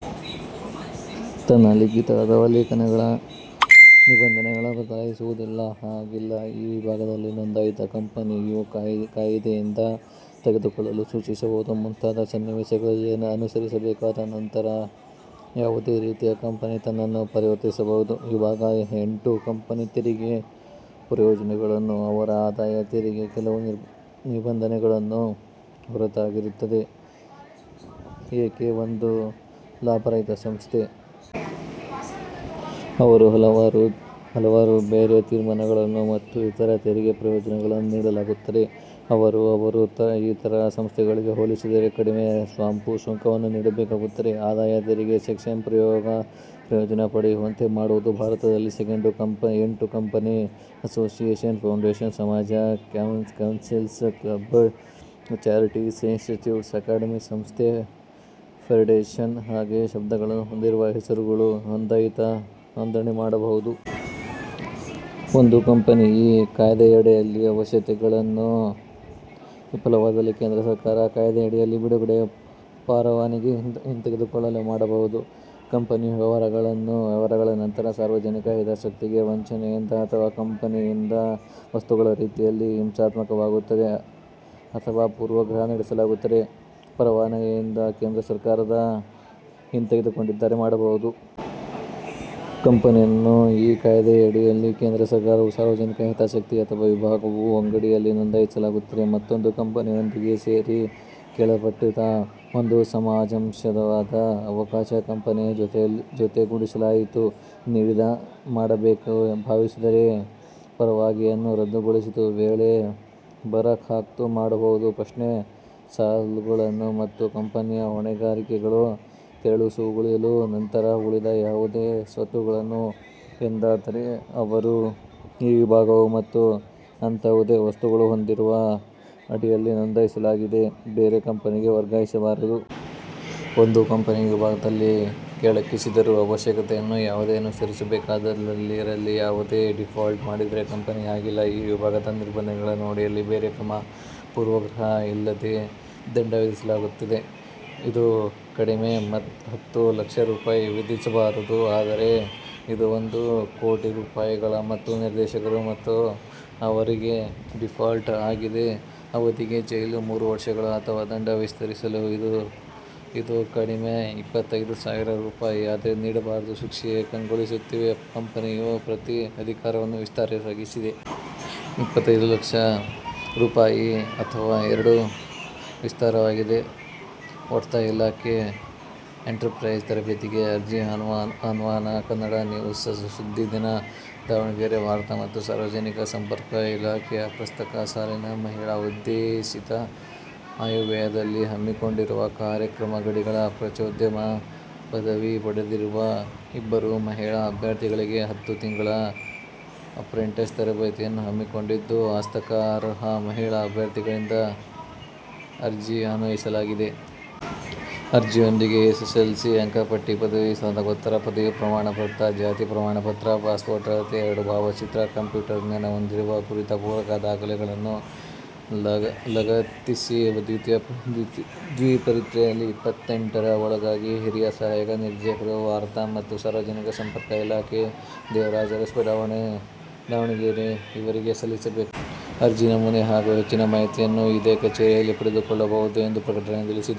ತನ್ನ ಲಿಖಿತ ಅಥವಾ ಲೇಖನಗಳು ನಿಬಂಧನೆಗಳ ಬದಲಾಯಿಸುವುದಿಲ್ಲ ಹಾಗಿಲ್ಲ. ಈ ವಿಭಾಗದಲ್ಲಿ ನೊಂದಾಯಿತ ಕಂಪನಿಯು ಕಾಯಿದೆಯಿಂದ ತೆಗೆದುಕೊಳ್ಳಲು ಸೂಚಿಸಬಹುದು ಮುಂತಾದ ಸನ್ನಿವೇಶಗಳಲ್ಲಿ ಅನುಸರಿಸಬೇಕಾದ ನಂತರ ಯಾವುದೇ ರೀತಿಯ ಕಂಪನಿ ತನ್ನನ್ನು ಪರಿವರ್ತಿಸಬಹುದು. ವಿಭಾಗ ಎಂಟು ಕಂಪನಿ ತೆರಿಗೆ ಪ್ರಯೋಜನಗಳನ್ನು ಅವರು ಆದಾಯ ತೆರಿಗೆ ಕೆಲವು ನಿಬಂಧನೆಗಳನ್ನು ಹೊರತಾಗಿರುತ್ತದೆ ಏಕೆ ಒಂದು ಲಾಭರಹಿತ ಸಂಸ್ಥೆ. ಅವರು ಹಲವಾರು ಬೇರೆ ತೀರ್ಮಾನಗಳನ್ನು ಮತ್ತು ಇತರ ತೆರಿಗೆ ಪ್ರಯೋಜನಗಳನ್ನು ನೀಡಲಾಗುತ್ತದೆ. ಅವರು ಅವರು ಇತರ ಸಂಸ್ಥೆಗಳಿಗೆ ಹೋಲಿಸಿದರೆ ಕಡಿಮೆ ಸ್ಟಾಂಪು ಸುಂಕವನ್ನು ನೀಡಬೇಕಾಗುತ್ತದೆ ಆದಾಯ ತೆರಿಗೆ ಸೆಕ್ಷನ್ ಪ್ರಯೋಜನ ಪಡೆಯುವಂತೆ ಮಾಡುವುದು. ಭಾರತದಲ್ಲಿ ಸೆಕೆಂಡು ಎಂಟು ಕಂಪನಿ ಅಸೋಸಿಯೇಷನ್, ಫೌಂಡೇಶನ್, ಸಮಾಜ, council, club, charities, institute, academy, ಸಂಸ್ಥೆ, ಫೆಡರೇಷನ್ ಹಾಗೆ ಶಬ್ದಗಳನ್ನು ಹೊಂದಿರುವ ಹೆಸರುಗಳು ನೋಂದಣಿ ಮಾಡಬಹುದು. ಒಂದು ಕಂಪನಿ ಈ ಕಾಯಿದೆಯಡಿಯಲ್ಲಿ ಅವಶ್ಯಕತೆಗಳನ್ನು ವಿಫಲವಾದಲ್ಲಿ ಕೇಂದ್ರ ಸರ್ಕಾರ ಈ ಕಾಯಿದೆಯಡಿಯಲ್ಲಿ ಬಿಡುಗಡೆ ಪರವಾನಿಗೆ ಹಿಂತೆಗೆದುಕೊಳ್ಳಲು ಮಾಡಬಹುದು. ಕಂಪನಿಯ ವ್ಯವಹಾರಗಳ ನಂತರ ಸಾರ್ವಜನಿಕ ಹಿತಾಸಕ್ತಿಗೆ ವಂಚನೆಯಿಂದ ಅಥವಾ ಕಂಪನಿಯ ವಸ್ತುಗಳ ರೀತಿಯಲ್ಲಿ ಹಿಂಸಾತ್ಮಕವಾಗುತ್ತದೆ ಅಥವಾ ಪೂರ್ವಗ್ರಹ ನಡೆಸಲಾಗುತ್ತದೆ ಪರವಾನಗಿಯಿಂದ ಕೇಂದ್ರ ಸರ್ಕಾರದ ಹಿಂತೆಗೆದುಕೊಂಡಿದ್ದಾರೆ ಮಾಡಬಹುದು. ಕಂಪನಿಯನ್ನು ಈ ಕಾಯಿದೆಯಡಿಯಲ್ಲಿ ಕೇಂದ್ರ ಸರ್ಕಾರವು ಸಾರ್ವಜನಿಕ ಹಿತಾಸಕ್ತಿ ಅಥವಾ ಈ ವಿಭಾಗವು ಅಡಿಯಲ್ಲಿ ನೋಂದಾಯಿಸಲಾಗಿದೆ ಮತ್ತೊಂದು ಕಂಪನಿಯೊಂದಿಗೆ ಸೇರಿ ಕೇಳಲ್ಪಟ್ಟಿತು ಒಂದು ಸಮಂಜಸವಾದ ಅವಕಾಶ ಕಂಪನಿ ಜತೆಗೂಡಿಸಲಾಯಿತು ನೀಡಿದ ಮಾಡಬೇಕು ಭಾವಿಸಿದರೆ ಪರವಾನಗಿಯನ್ನು ರದ್ದುಗೊಳಿಸಿತು ವೇಳೆ ಬರಖಾಸ್ತು ಮಾಡಬಹುದು. ಪ್ರಶ್ನೆ ಸಾಲಗಳನ್ನು ಮತ್ತು ಕಂಪನಿಯ ಹೊಣೆಗಾರಿಕೆಗಳು ತೆರವುಗೊಳಿಸಲು ನಂತರ ಉಳಿದ ಯಾವುದೇ ಸ್ವತ್ತುಗಳನ್ನು ಎಂದಾದರೆ ಅವರು ಈ ವಿಭಾಗವು ಮತ್ತು ಅಂತಹುದೇ ವಸ್ತುಗಳು ಹೊಂದಿರುವ ಅಡಿಯಲ್ಲಿ ನೋಂದಾಯಿಸಲಾಗಿದೆ ಬೇರೆ ಕಂಪನಿಗೆ ವರ್ಗಾಯಿಸಬಾರದು. ಒಂದು ಕಂಪನಿ ಈ ವಿಭಾಗದಲ್ಲಿ ಕೆಳಕ್ಕಿಳಿಸಿದರು ಅವಶ್ಯಕತೆಗಳನ್ನು ಯಾವುದೇ ಅನುಸರಿಸಬೇಕಾದ ರಲ್ಲಿ ಯಾವುದೇ ಡೀಫಾಲ್ಟ್ ಮಾಡಿದರೆ ಕಂಪನಿ ಹಾಗಿಲ್ಲ ಈ ವಿಭಾಗದ ನಿಬಂಧನೆಗಳನ್ನು ಅಡಿಯಲ್ಲಿ ಬೇರೆ ಕ್ರಮ ಪೂರ್ವಾಗ್ರಹ ಇಲ್ಲದೆ ದಂಡ ವಿಧಿಸಲಾಗುತ್ತಿತ್ತು. ಇದು ಕಡಿಮೆ ಹತ್ತು ಲಕ್ಷ ರೂಪಾಯಿಗಳು ವಿಧಿಸಬಾರದು ಆದರೆ ಇದು ಒಂದು ಕೋಟಿ ರೂಪಾಯಿಗಳ ಮತ್ತು ನಿರ್ದೇಶಕರು ಮತ್ತು ಅವರಿಗೆ ಡೀಫಾಲ್ಟ್ ಆಗಿದೆ ಅವಧಿಗೆ ಜೈಲು ಮೂರು ವರ್ಷಗಳ ಅಥವಾ ದಂಡ ವಿಸ್ತರಿಸಲು ಇದು ಇದು ಕಡಿಮೆ ಇಪ್ಪತ್ತೈದು ಸಾವಿರ ರೂಪಾಯಿ ಆದರೆ ನೀಡಬಾರದು ಶಿಕ್ಷೆ ಕಂಗೊಳಿಸುತ್ತವೆ ಕಂಪೆನಿಯ ಪ್ರತಿ ಅಧಿಕಾರಿಯನ್ನು ವಿಸ್ತಾರವಾಗಿದೆ. ಇಪ್ಪತ್ತೈದು ಲಕ್ಷ ರೂಪಾಯಿ ಅಥವಾ ಎರಡೂ ವಿಸ್ತಾರವಾಗಿದೆ. ವಾರ್ತಾಇಲಾಖೆ ಅಪ್ರೆಂಟಿಸ್ ತರಬೇತಿಗೆ ಅರ್ಜಿ ಆಹ್ವಾನ ಕನ್ನಡ ನ್ಯೂಸ್ ಸುದ್ದಿದಿನ, ದಾವಣಗೆರೆ ವಾರ್ತಾ ಮತ್ತು ಸಾರ್ವಜನಿಕ ಸಂಪರ್ಕ ಇಲಾಖೆಯು ಪ್ರಸಕ್ತ ಸಾಲಿನ ಮಹಿಳಾ ಉದ್ದೇಶಿತ ಆಯವ್ಯದಲ್ಲಿ ಹಮ್ಮಿಕೊಂಡಿರುವ ಕಾರ್ಯಕ್ರಮಗಳಡಿ ಪತ್ರಿಕೋದ್ಯಮ ಪದವಿ ಪಡೆದಿರುವ ಇಬ್ಬರು ಮಹಿಳಾ ಅಭ್ಯರ್ಥಿಗಳಿಗೆ ಹತ್ತು ತಿಂಗಳ ಅಪ್ರೆಂಟಿಸ್ ತರಬೇತಿಯನ್ನು ಹಮ್ಮಿಕೊಂಡಿದ್ದು ಆಸಕ್ತ ಅರ್ಹ ಮಹಿಳಾ ಅಭ್ಯರ್ಥಿಗಳಿಂದ ಅರ್ಜಿ ಆಹ್ವಾನಿಸಲಾಗಿದೆ. ಅರ್ಜಿಯೊಂದಿಗೆ ಎಸ್ಎಸ್ಎಲ್ಸಿ ಅಂಕಪಟ್ಟಿ ಪದವಿ ಸ್ನಾತಕೋತ್ತರ ಪದವಿ ಪ್ರಮಾಣಪತ್ರ, ಜಾತಿ ಪ್ರಮಾಣಪತ್ರ, ಪಾಸ್ಪೋರ್ಟ್ ಅಳತೆಯ ಎರಡು ಭಾವಚಿತ್ರ, ಕಂಪ್ಯೂಟರ್ ಜ್ಞಾನ ಹೊಂದಿರುವ ಕುರಿತ ಪೂರಕ ದಾಖಲೆಗಳನ್ನು ಲಗತ್ತಿಸಿ ದ್ವಿಪ್ರತಿಯಲ್ಲಿ ಇಪ್ಪತ್ತೆಂಟರ ಒಳಗಾಗಿ ಹಿರಿಯ ಸಹಾಯಕ ನಿರ್ದೇಶಕರು, ವಾರ್ತಾ ಮತ್ತು ಸಾರ್ವಜನಿಕ ಸಂಪರ್ಕ ಇಲಾಖೆ, ದೇವರಾಜ ಅರಸ್ ಬಡಾವಣೆ, ದಾವಣಗೆರೆ ಇವರಿಗೆ ಸಲ್ಲಿಸಬೇಕು. ಅರ್ಜಿ ನಮೂನೆ ಹಾಗೂ ಹೆಚ್ಚಿನ ಮಾಹಿತಿಯನ್ನು ಇದೇ ಕಚೇರಿಯಿಂದ ಪಡೆದುಕೊಳ್ಳಬಹುದು ಎಂದು ಪ್ರಕಟಣೆ ತಿಳಿಸಿದೆ.